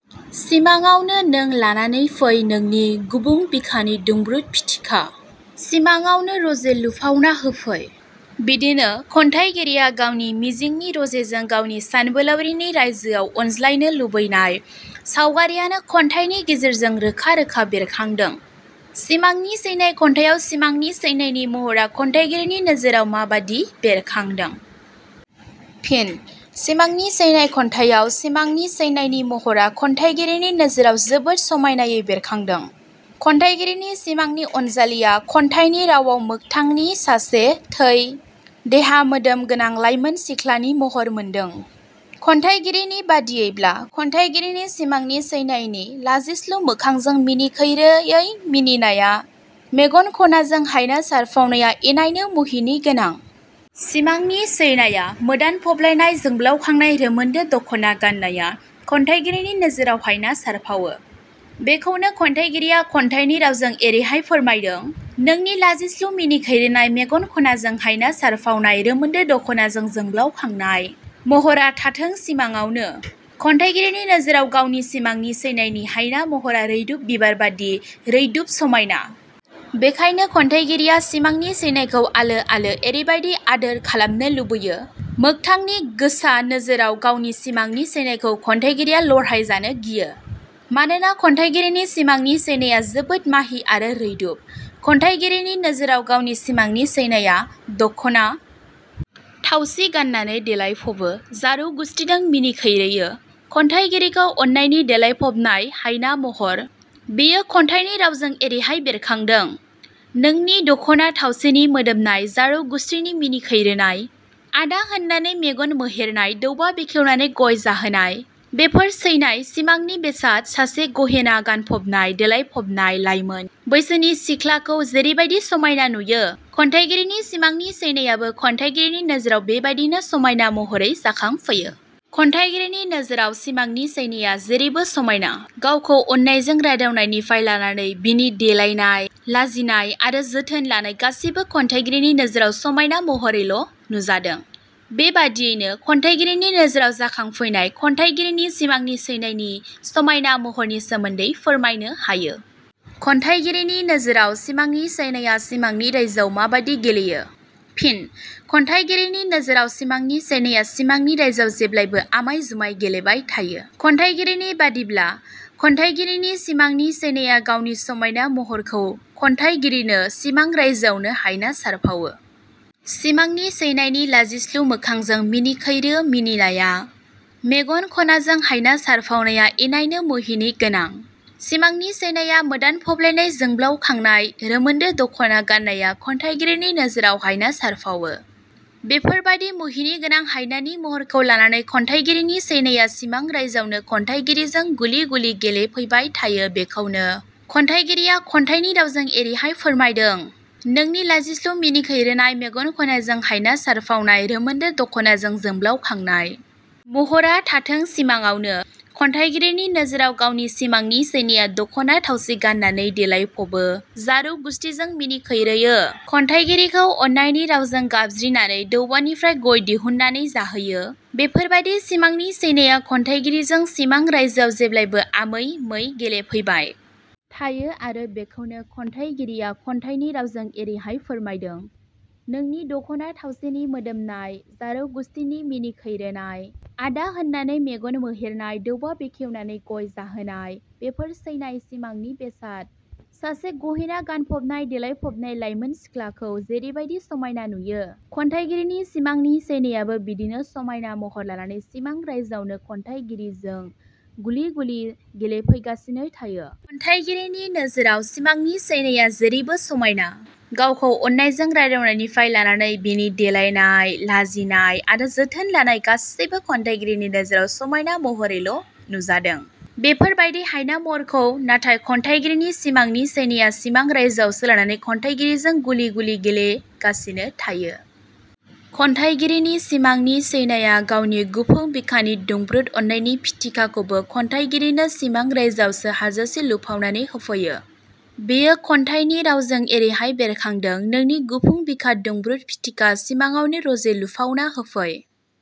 सिमाङावनो नों लानानै फै नोंनि गुबुं बिखानि दुंब्रुद फिथिखा सिमाङावनो रजे लुफावना होफै। बिदिनो खन्थाइगिरिया गावनि मिजिंनि रजेजों गावनि सानबोलावरिनि रायजोआव अनज्लायनो लुबैनाय सावगारियानो खन्थाइनि गेजेरजों रोखा रोखा बेरखादों।. सिमांनि सैनाय' खन्थाइयाव सिमांनि सैनायनि महरा खन्थाइगिरिनि नोजोराव माबादि बेरखांदों? फिनः 'सिमांनि सैनाय' खन्थाइयाव सिमांनि सैनायनि महरा खन्थाइगिरिनि नोजोराव जोबोर समायनायै बेरखांदों। खन्थाइगिरिनि सिमांनि अनजालिया खन्थाइनि रावाव मोगथांनि सासे थै, देहा मोदोम गोनां लाइमोन सिख्लानि महर मोनदों। खन्थाइगिरिनि बादियैब्ला खन्थाइगिरिनि सिमांनि सैनायनि लाजिस्लु मोखांजों मिनिखैरो मिनिनाया, मेगन खनाजों हायना सारफावनाया इनायनो मुहिनि गोनां। सिमांनि सैनाया मोदानफबलायनाय जोंब्लावखांनाय रोमोदो दखना गाननाया खन्थाइगिरिनि नोजोराव हायना सारफावो। बेखौनो खन्थाइगिरिया खन्थाइनि रावजों एरैहाय फोरमायदों- नोंनि लाजिस्लु मिनिखैरोनाय मेगन खनाजों हायना सारफावनाय रोमोदो दखनाजों जोब्लाउखांनाय। महरा थाथों सिमाडावनो। खन्थाइगिरिनि नोजोराव गावनि सिमांनि सैनायनि हायना महरा रैरुब बिबारबादि रैदुब समायना। बेखायनो खन्थाइगिरिया सिमांनि सैनायखौ आलो आलो एरैबादि आदोर खालामनो लुबैयो, मोगथांनि गोसा नोजोराव गावनि सिमांनि सैनायखौ खन्थाइगिरिया लरहायजानो गियो। मानोना खन्थाइगिरिनि सिमांनि सैनाया जोबोर माहि आरो रैदुब। खन्थाइगिरिनि नोजोराव गावनि सिमांनि सैनाया दखना थावसि गाननानै देलायफबो, जारौ गुसथिजों मिनिखैरोयो, खन्थाइगिरिखौ अननायनि देलायफबनाय हायना महर, बेयो खन्थाइनि रावजों एरैहाय बेरखांदों- नोंनि दखना थावसिनि मोदोमनाय जारौ गुसथिनि मिनिखैरोनाय, 'आदा' होननानै मेगन मोहेरनाय दौबा बेखेवनानै गय जाहोनाय बेफोर सैनाय सिमांनि बेसाद सासे गहेना गानफबना देलायफबनाय लाइमोन बैसोनि सिखोलाखौ जेरैबादि समायना नुयो, खन्थाइगिरिनि सिमांनि सैनायाबो खन्थाइगिरिनि नोजोराव बिदिनो समायना महरै जाखांफैयो। खन्थाइगिरिनि नोजोराव सिमांनि सैनाया जैरैबो समायना। गावखौ अननायजों रायदावनायनिफ्राय लानानै बिनि देलायनाय, लाजिनाय आरो जोथोन लानाय गासैबो खन्थाइगिरिनि नोजोराव समायना महरैल' नुजादों। बेबादियैनो खन्थाइगिरिनि नोजोराव जाखांफैनाय खन्थाइगिरिनि सिमांनि सैनायनि समायना महरनि सोमोन्दै फोरमायनो हायो।. खन्थाइगिरिनि नोजोराव सिमांनि सैनाया सिमांनि रायजोआव माबादि गेलेयो? फिनः खन्थाइगिरिनि नोजोराव सिमांनि सैनाया सिमांनि रायजोआव जेब्लाबो आमाय जुमाय गेलेबाय थायो। खन्थाइगिरिनि बादियैब्ला खन्थाइगिरिनि सिमांनि सैनाया गावनि समाइना महरखौ खन्थाइगिरिनो सिमां रायजोआवनो हायना सारफावो। सिमांनि सैनायनि लाजिस्लु मोखांजों मिनिखैरो मिनिनाया, मेगन खनाजों हायना सारफावनाया इनायनो मुहिनि गोनां। सिमांनि सैनाया मोदानफबलायनाय जोंब्लावखांनाय रोमोदो दखना गाननाया खन्थाइगिरिनि नोजोराव हायना सारफावो। बेफोरबादि मुहिनि गोनां हायनानि महरखौ लानानै खन्थाइगिरिनि सैनाया सिमां रायजोआवनो खन्थाइगिरिजों गुलि गुलि गेलेफैबाय थायो बेखौनो खन्थाइगिरिया खन्थाइनि रावजों एरैहाय फोरमायदों- नोंनि लाजिस्लु मिनिखैरोनाय मेगन खनाजों हायना सारफावनाय रोमोदो दखनाजों जोब्लावखांनाय। महरा थांथों सिमाङावनो। खन्थाइगिरिनि नोजोराव गावनि सिमांनि सैनाया दख'ना थावसि गाननानै देलायफबो, जारौ गुसथिजों मिनिखैरोयो, खन्थाइगिरिखौ अननायनि रावजों गाबज्रिनाने दौबानिफ्राय गय दिहुननानै जाहोयो। बेफोरबादिनो सिमांनि सैनाया खन्थाइगिरिजों सिमां रायजोआव जेब्लाबो आमै मै गेलेफैबाय थायो आरो बेखौनो खन्थाइगिरिया खन्थाइनि रावजों एरैहाय फोरमायदों- नोंनि दख'ना थावसिनि मोदोमनाय जारौ गुसथिनि मिनिखैरोनाय, 'आदा' होननानै मेगन मोहेरनाय दौबा बेखेवनानै गय जाहोनाय- बेफोर सैनाय सिमांनि बेसाद सासे गहेना गानफबना देलायफ़बनाय लाइमोन सिखोलाखौ जेरैबादि समाइना नुयो, खन्थाइगिरिनि सिमांनि सैनायाबो बिदिनो समायना महर लानानै सिमां रायजोआवनो खन्थाइगिजिरिजों गुलि गुलि गेलेफैगासिनो थायो। खन्थाइगिरिनि नोजोराव सिमांनि सैनाया जेरैबो समायना। गावखौ अननायजों रायदावनायनिफ्राय लानानै बिनि देलायनाय, लाजिनाय आरो जोथोन लाना गासैबो खन्थाइगिरिनि नोजोराव समायना महरैल' नुजादों। बेफोर बादि हायना महरखौ नाथाय खन्थाइगिरिनि सिमांनि सैनाया सिमां रायजोआवसो लानानै खन्थाइगिरिजों गुलि गुलि गेलेगासिनो थायो। खन्थाइगिरिनि सिमांनि सैनाया गावनि गुफुं बिखानि दुंब्रुद अननायनि फिथिखाखौबो खन्थाइगिरिनो सिमां रायजोआवसो हाजासे लुफावनानै होफैयो बेयो खन्थाइनि रावजों एरैहाय बेरखादों- नोंनि गुफुं बिखा दुंब्रुद फिथिखा सिमाङावनो रजे लुफावना होफै।